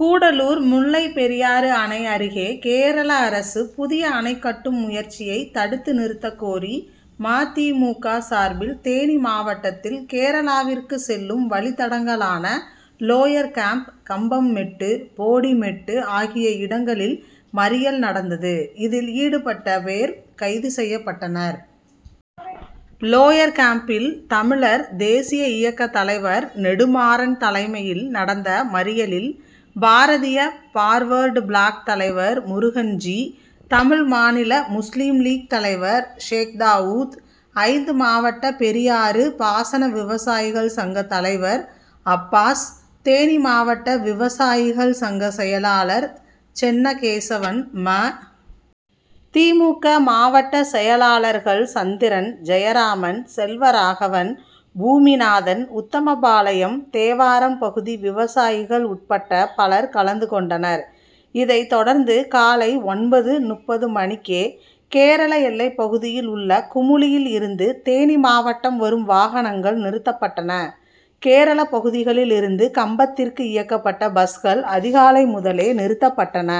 கூடலூர் முல்லை பெரியாறு அணை அருகே கேரள அரசு புதிய அணை கட்டும் முயற்சியை தடுத்து நிறுத்தக்கோரி ம. தி. மு. க., சார்பில் தேனி மாவட்டத்தில் கேரளாவிற்கு செல்லும் வழித்தடங்களான லோயர்கேம்ப், கம்பம் மெட்டு, போடி மெட்டு ஆகிய இடங்களில் மறியல் நடந்தது. இதில் ஈடுபட்ட பேர் கைது செய்யப்பட்டனர். லோயர்கேம்ப்பில் தமிழர் தேசிய இயக்க தலைவர் நெடுமாறன் தலைமையில் நடந்த மறியலில் பாரதிய பார்வர்டு பிளாக் தலைவர் முருகன்ஜி, தமிழ்மாநில முஸ்லிம் லீக் தலைவர் ஷேக்தாவூத், ஐந்து மாவட்ட பெரியாறு பாசன விவசாயிகள் சங்க தலைவர் அப்பாஸ், தேனி மாவட்ட விவசாயிகள் சங்க செயலாளர் சென்ன கேசவன், ம. தி. மு. க., மாவட்ட செயலாளர்கள் சந்திரன், ஜெயராமன், செல்வராகவன், பூமிநாதன், உத்தமபாளையம், தேவாரம் பகுதி விவசாயிகள் உட்பட பலர் கலந்துகொண்டனர். இதை தொடர்ந்து காலை ஒன்பது.முப்பது மணிக்கே கேரள எல்லைப்பகுதியில் உள்ள குமுளியில் இருந்து தேனி மாவட்டம் வரும் வாகனங்கள் நிறுத்தப் பட்டன. கேரள பகுதிகளில் இருந்து கம்பத்திற்கு இயக்கப்பட்ட பஸ்கள் அதிகாலை முதலே நிறுத்தப்பட்டன.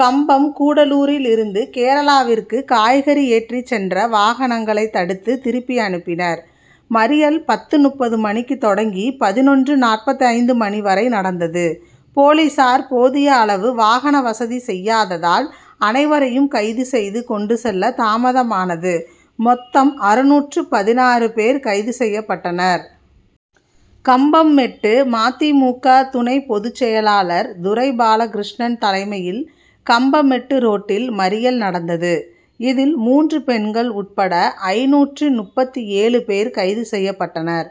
கம்பம், கூடலூரில் இருந்து கேரளாவிற்கு காய்கறி ஏற்றிச் சென்ற வாகனங்களை தடுத்து திருப்பி அனுப்பினர். மறியல் பத்து.முப்பது மணிக்கு தொடங்கி பதினொன்று. நாற்பத்தைநது மணி வரை நடந்தது. போலீசார் போதிய அளவு வாகன வசதி செய்யாததால், அனைவரையும் கைது செய்து கொண்டு செல்ல தாமதமானது. மொத்தம் அறுநூற்று பதினாறு பேர் கைது செய்யப்பட்டனர். கம்பம்மெட்டு: ம. தி. மு. க., துணை பொதுச்செயலாளர் துரை பாலகிருஷ்ணன் தலைமையில் கம்பமெட்டு ரோட்டில் மறியல் நடந்தது. இதில் மூன்று பெண்கள் உட்பட ஐந்நூற்று முப்பத்தேழு பேர் கைது செய்யப்பட்டனர்.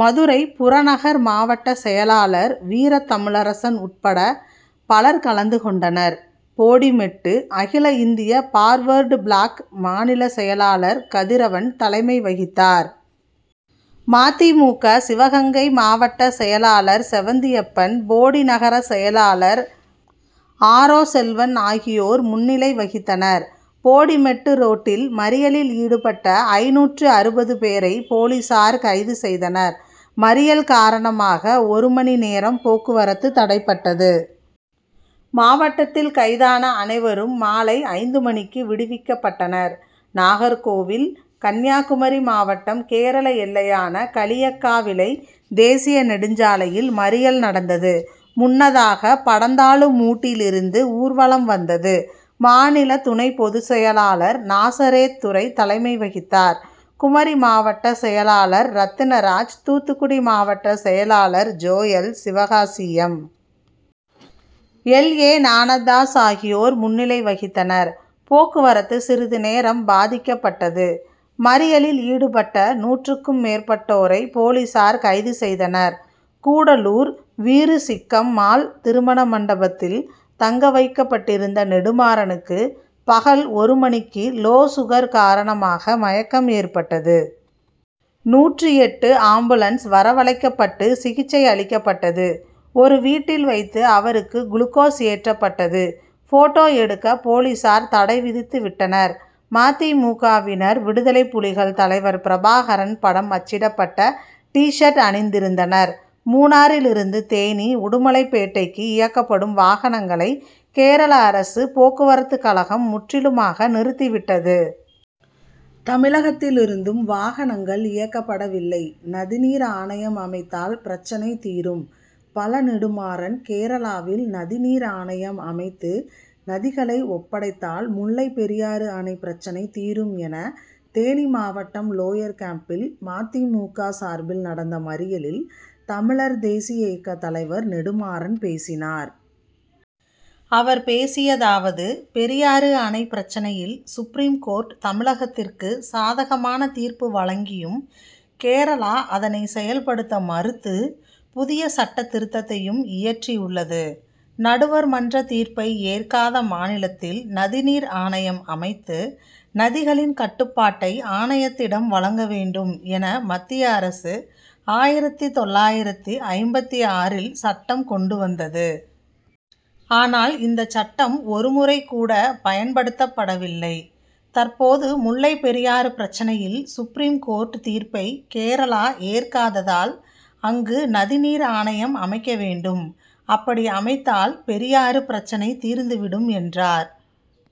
மதுரை புறநகர் மாவட்ட செயலாளர் வீரத்தமிழரசன் உட்பட பலர் கலந்துகொண்டனர். போடிமெட்டு: அகில இந்திய பார்வர்டு பிளாக் மாநில செயலாளர் கதிரவன் தலைமை வகித்தார். ம. தி. மு. க., சிவகங்கை மாவட்டசெயலாளர் செவந்தியப்பன், போடி நகர செயலாளர் ஆரோ செல்வன் ஆகியோர் முன்னிலை வகித்தனர். போடி மெட்டு ரோட்டில் மறியலில் ஈடுபட்ட ஐந்நூற்று அறுபது பேரை போலீசார் கைது செய்தனர். மறியல் காரணமாக ஒரு மணி நேரம் போக்குவரத்து தடைபட்டது. மாவட்டத்தில் கைதான அனைவரும் மாலை ஐந்து மணிக்கு விடுவிக்கப்பட்டனர். நாகர்கோவில்: கன்னியாகுமரி மாவட்டம் கேரள எல்லையான களியக்காவிளை தேசிய நெடுஞ்சாலையில் மறியல் நடந்தது. முன்னதாக, படந்தாலுமூட்டில் இருந்து ஊர்வலம் வந்தது. மாநில துணை பொது செயலாளர் நாசரேத்துரை தலைமை வகித்தார். குமரி மாவட்ட செயலாளர் ரத்தினராஜ், தூத்துக்குடி மாவட்ட செயலாளர் Joel, Sivakasi M. L. A. Gnanadas ஆகியோர் முன்னிலை வகித்தனர். போக்குவரத்து சிறிது நேரம் பாதிக்கப்பட்டது. மறியலில் ஈடுபட்ட நூற்றுக்கும் மேற்பட்டோரை போலீசார்கைது செய்தனர். கூடலூர் வீருசிக்கம் மாள் திருமண மண்டபத்தில் தங்க வைக்கப்பட்டிருந்த நெடுமாறனுக்கு பகல் ஒரு மணிக்கு, லோ சுகர்' காரணமாக மயக்கம் ஏற்பட்டது. நூற்று எட்டு ஆம்புலன்ஸ் வரவழைக்கப்பட்டு சிகிச்சை அளிக்கபட்டது. ஒரு வீட்டில் வைத்து அவருக்கு குளுகோஸ் ஏற்றப்பட்டது. போட்டோ எடுக்க போலீசார் தடைவிதித்துவிட்டனர். ம. தி. மு. க.,வினர் விடுதலைப்புலிகள் தலைவர் பிரபாகரன் படம் அச்சிடப்பட்ட டி'சர்ட் அணிந்திருந்தனர். மூணாறிலிருந்து தேனி, உடுமலைப் பேட்டைக்கு இயக்கப்படும் வாகனங்களை கேரள அரசு போக்குவரத்து கழகம் முற்றிலுமாக நிறுத்திவிட்டது. தமிழகத் திலிருந்தும் வாகனங்கள் இயக்கப்படவில்லை. நதிநீர் ஆணையம் அமைத்தால் பிரச்னை தீரும்:பழ. நெடுமாறன்: கேரளாவில் நதிநீர் ஆணையம் அமைத்து நதிகளை ஒப்படைத்தால் முல்லை பெரியாறு அணை பிரச்னை தீரும்'', என தேனி மாவட்டம் லோயர்கேம்பில் ம. தி. மு. க., சார்பில் நடந்த மறியலில் தமிழர் தேசிய இயக்க தலைவர் நெடுமாறன் பேசினார். அவர் பேசியதாவது: பெரியாறு அணை பிரச்னையில் சுப்ரீம்கோர்ட் தமிழகத்திற்கு சாதகமான தீர்ப்பு வழங்கியும், கேரளா அதனை செயல்படுத்த மறுத்து புதிய சட்ட திருத்தத்தையும் இயற்றி உள்ளது. நடுவர் மன்ற தீர்ப்பை ஏற்காத மாநிலத்தில் நதிநீர் ஆணையம் அமைத்து நதிகளின் கட்டுப்பாட்டை ஆணையத்திடம் வழங்க வேண்டும் என மத்திய அரசு ஆயிரத்து தொள்ளாயிரத்து ஐம்பத்தாறில் சட்டம் கொண்டு வந்தது. ஆனால் இந்த சட்டம் ஒருமுறை கூட பயன்படுத்தப் படவில்லை. தற்போது முல்லைபெரியாறு பிரச்னையில் சுப்ரீம் கோர்ட் தீர்ப்பை கேரளா ஏற்காததால், அங்கு நதிநீர் ஆணையம் அமைக்க வேண்டும். அப்படி அமைத்தால் பெரியாறு பிரச்னை தீர்ந்து விடும் என்றார்.